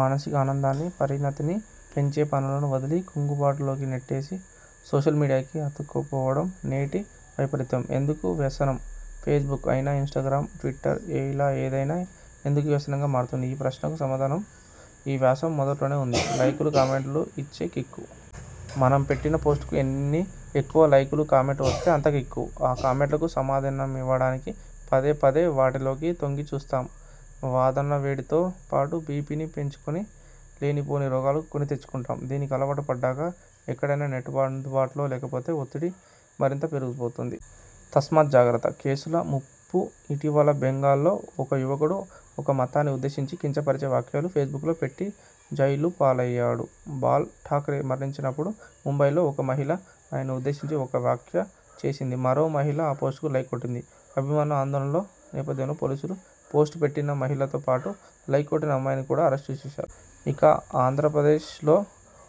మానసిక ఆనందాన్ని, పరిణతిని పెంచే పనులను వదిలి కుంగుబాటులోకి నెట్టేసే సోషల్మీడియాకు అతుక్కుపోవడం నేటి వైపరీత్యం. ఎందుకు వ్యసనం? ఫేస్బుక్ అయినా ఇన్స్టాగ్రామ్, ట్విటర్ ఇలా ఏదైనా ఎందుకు వ్యసనంగా మారుతుంది? ఈ ప్రశ్నకు సమాధానం ఈ వ్యాసం మొదట్లోనే ఉంది. లైకులు, కామెంట్లు ఇచ్చే కిక్కు. మనం పెట్టిన పోస్టుకు ఎన్ని ఎక్కువ లైకులు, కామెంట్లు వస్తే అంత కిక్కు. ఆ కామెంట్లకు సమాధానమివ్వడానికి పదేపదే వాటిలోకి తొంగిచూస్తాం. వాదనల వేడితో పాటు బీపీని పెంచుకుని లేనిపోని రోగాలు కొనితెచ్చుకుంటాం. దీనికి అలవాటు పడ్డాక ఎక్కడైనా నెట్ అందుబాటులో లేకపోతే ఒత్తిడి మరింత పెరిగిపోతుంది. తస్మాత్ జాగ్రత్త! కేసుల ముప్పుఇటీవల బెంగాల్లో ఒక యువకుడు ఒక మతాన్ని ఉద్దేశించి కించపరిచే వ్యాఖ్యలు ఫేస్బుక్లో పెట్టి జైలుపాలయ్యాడు. బాల్ ఠాక్రే మరణించినప్పుడు ముంబైలో ఒక మహిళ ఆయన్ను ఉద్దేశించి ఒక వ్యాఖ్య చేసింది. మరో మహిళ ఆ పోస్టుకు లైక్ కొట్టింది. అభిమానుల ఆందోళనలో నేపథ్యంలో పోలీసులు పోస్టు పెట్టిన మహిళతో పాటు లైక్ కొట్టిన అమ్మాయిని కూడా అరెస్టు చేసేశారు. ఇక ఆంధ్రప్రదేశ్లో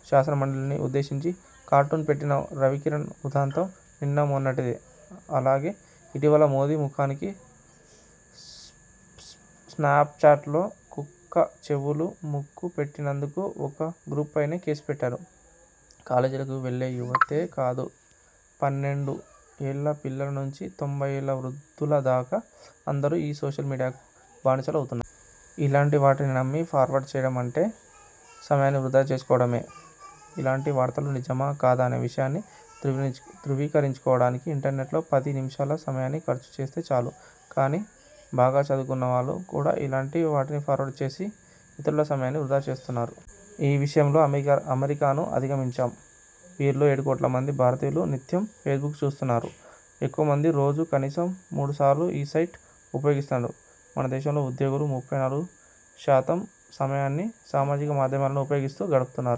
శాసన మండలిని ఉద్దేశించి కార్టూన్ పెట్టిన రవికిరణ్ ఉదంతం నిన్నమొన్నటిదే. అలాగే, ఇటీవల మోదీ ముఖానికి ఎస్పెస్ స్నాప్చాట్లో కుక్క చెవులు, ముక్కు పెట్టినందుకు ఒక గ్రూపుపైనే కేసు పెట్టారు. కాలేజీలకు వెళ్లే యువతే కాదు పన్నెండు ఏళ్ల పిల్లల నుంచి తొంభై ఏళ్ల వృద్ధుల దాకా అందరూ ఈ సోషల్ మీడియాకు బానిసలవుతున్నారు. ఇలాంటి వాటిని నమ్మి ఫార్వర్డ్ చేయడమంటే సమయాన్ని వృథా చేసుకోవడమే. ఇలాంటి వార్తలు నిజమా కాదా అనే విషయాన్ని ధ్రువీకరించ్ ధ్రువీకరించుకోవడానికి ఇంటర్నెట్లో పది నిమిషాల సమయాన్ని ఖర్చు చేస్తే చాలు. కానీ, బాగా చదువుకున్నవాళ్లు కూడా ఇలాంటి వాటిని ఫార్వర్డ్ చేసి ఇతరుల సమయాన్ని వృథా చేస్తున్నారు. ఈ విషయంలో అమెరికాను అధిగమించాం. వీరిలో ఏడు కోట్ల మంది భారతీయులు నిత్యం ఫేస్బుక్ చూస్తున్నారు. ఎక్కువ మంది రోజూ కనీసం మూడుసార్లు ఈ సైట్ ఉపయోగిస్తున్నారు. మన దేశంలో ఉద్యోగులు ముప్పై నాలుగు శాతం సమయాన్ని సామాజిక మాధ్యమాలను ఉపయోగిస్తూ గడుపుతున్నారు.